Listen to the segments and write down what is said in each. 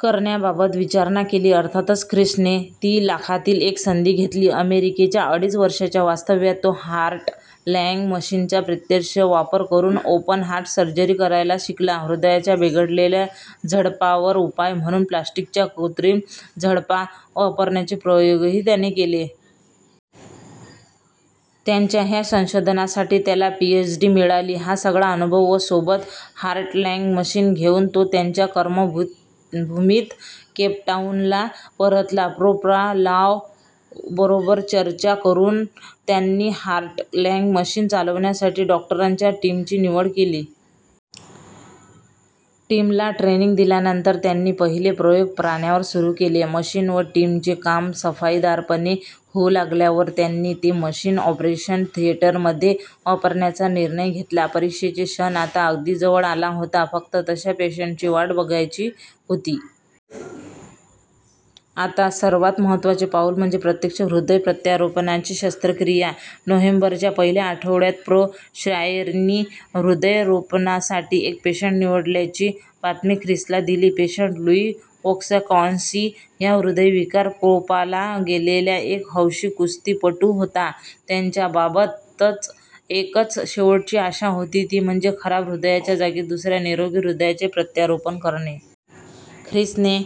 करण्याबाबत विचारणा केली. अर्थातच ख्रिसने ती लाखातील एक संधी घेतली. अमेरिकेच्या अडीच वर्षांच्या वास्तव्यात तो हार्ट-लंग मशीनचा प्रत्यक्ष वापर करून ओपनहार्ट सर्जरी करायला शिकला. हृदयाच्या बिघडलेल्या झडपांवर उपाय म्हणून प्लास्टिकच्या कृत्रिम झडपा वापरण्याचे प्रयोगही त्याने केले. त्याच्या ह्या संशोधनासाठी त्याला पीएच्. डी. मिळाली. हा सगळा अनुभव व सोबत 'हार्ट-लंग' मशीन घेऊन तो त्याच्या कर्मभूमीत, केपटाऊनला परतला. प्रो. लॉवबरोबर चर्चा करून त्यांनी हार्ट लंग मशीन चालवण्यासाठी डॉक्टरांच्या टीमची निवड केली. टीमला ट्रेनिंग दिल्यानंतर त्यांनी पहिले प्रयोग प्राण्यांवर सुरू केले. मशीन व टीमचे काम सफाईदारपणे होऊ लागल्यावर त्यांनी ते मशीन ऑपरेशन थिएटरमध्ये वापरण्याचा निर्णय घेतला. परीक्षेचा क्षण आता अगदी जवळ आला होता, फक्त तशा पेशंटची वाट बघायची होती. आता सर्वात महत्त्वाचे पाऊल म्हणजे प्रत्यक्ष हृदय-प्रत्यारोपणाची शस्त्रक्रिया. नोव्हेंबरच्या पहिल्या आठवड्यात प्रो. श्रायरनी हृदय-रोपणासाठी एक पेशंट निवडल्याची बातमी ख्रिसला दिली. पेशंट लुई वॉश्कान्स्की हा हृदयविकार विकोपाला गेलेला एक हौशी कुस्तीपटू होता. त्याच्याबाबत एकच शेवटची आशा होती, ती म्हणजे खराब हृदयाच्या जागी दुसऱ्या निरोगी हृदयाचे प्रत्यारोपण करणे. ख्रिसने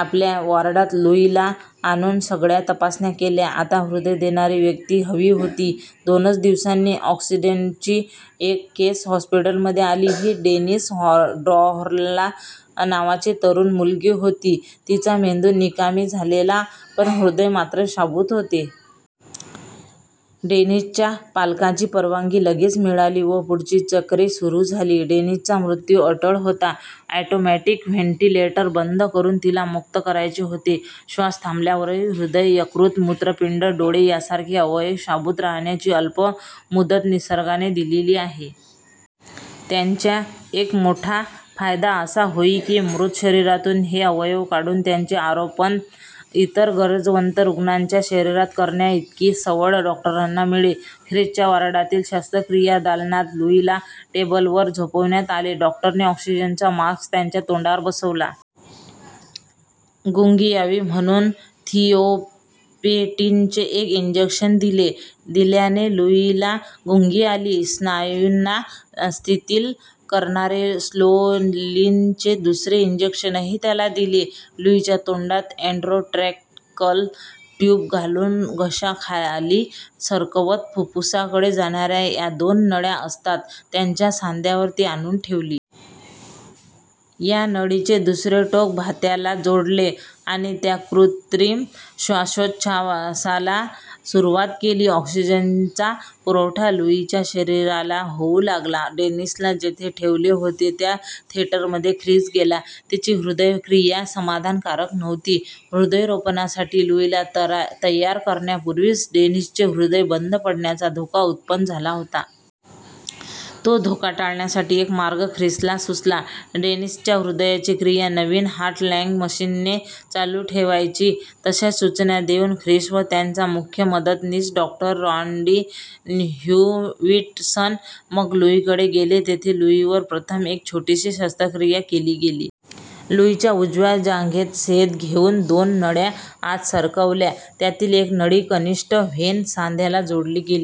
आपल्या वॉर्डात लुईला आणून सगळ्या तपासण्या केल्या. आता हृदय देणारी व्यक्ती हवी होती. दोनच दिवसांनी अॅक्सिडेंटची एक केस हॉस्पिटलमध्ये आली. ही डेनिस डॉर्व्हाल नावाची तरुण मुलगी होती, तिचा मेंदू निकामी झालेला, पण हृदय मात्र शाबूत होते. डेनिसच्या पालकांची परवानगी लगेच मिळाली व पुढची चक्रे सुरू झाली. डेनिसचा मृत्यू अटळ होता. ऑटोमॅटिक व्हेंटिलेटर बंद करून तिला मुक्त करायचे होते. श्वास थांबल्यावरही हृदय, यकृत, मूत्रपिंड, डोळे यांसारखे अवयव शाबूत राहण्याची अल्प मुदत निसर्गाने दिली आहे. त्याचा एक मोठा फायदा असा होई की, मृत शरीरातून हे अवयव काढून त्यांचे आरोपण इतर गरजवंत रुग्णांच्या शरीरात करण्याइतकी सवड डॉक्टरांना मिळे. ख्रिसच्या वॉर्डातील शस्त्रक्रिया दालनात लुईला टेबलवर झोपवण्यात आले. डॉक्टरने ऑक्सिजनचा मास्क त्याच्या तोंडावर बसवला. गुंगी यावी म्हणून थिओपेंटिनचे एक इंजेक्शन दिले. दिल्याने लुईला गुंगी आली. स्नायूंना शिथिल करणारे स्कोलिनचे दुसरे इंजेक्शनही त्याला दिले. लुईच्या तोंडात एन्डोट्रॅकिअल ट्यूब घालून घशाखाली सरकवत फुप्फुसाकडे जाणाऱ्या ज्या दोन नळ्या असतात, त्याच्या सांध्यावर ती आणून ठेवली. या नळीचे दुसरे टोक भात्याला जोडले आणि कृत्रिम श्वासोच्छ्वासाला सुरुवात केली. ऑक्सिजनचा पुरवठा लुईच्या शरीराला होऊ लागला. डेनिसला जिथे ठेवले होते, त्या थिएटरमध्ये ख्रिस गेला. तिची हृदयक्रिया समाधानकारक नव्हती. हृदयरोपणासाठी लुईला तयार करण्यापूर्वीच डेनिसचे हृदय बंद पडण्याचा धोका उत्पन्न झाला होता. तो धोका टाळण्यासाठी एक मार्ग ख्रिसला सुचला. डेनिसच्या हृदयाची क्रिया नवीन हार्ट-लंग मशीनने चालू ठेवायची. तशा सूचना देऊन ख्रिस व त्याचा मुख्य मदतनीस डॉ. रॉडनी ह्युविटसन मग लुईकडे गेले. तेथे लुईवर प्रथम एक छोटीशी शस्त्रक्रिया केली गेली. लुईच्या उजव्या जांघेत छेद घेऊन दोन नळ्या आत सरकवल्या. त्यातील एक नळी, कनिष्ठ व्हेन सांध्याला जोडली गेली.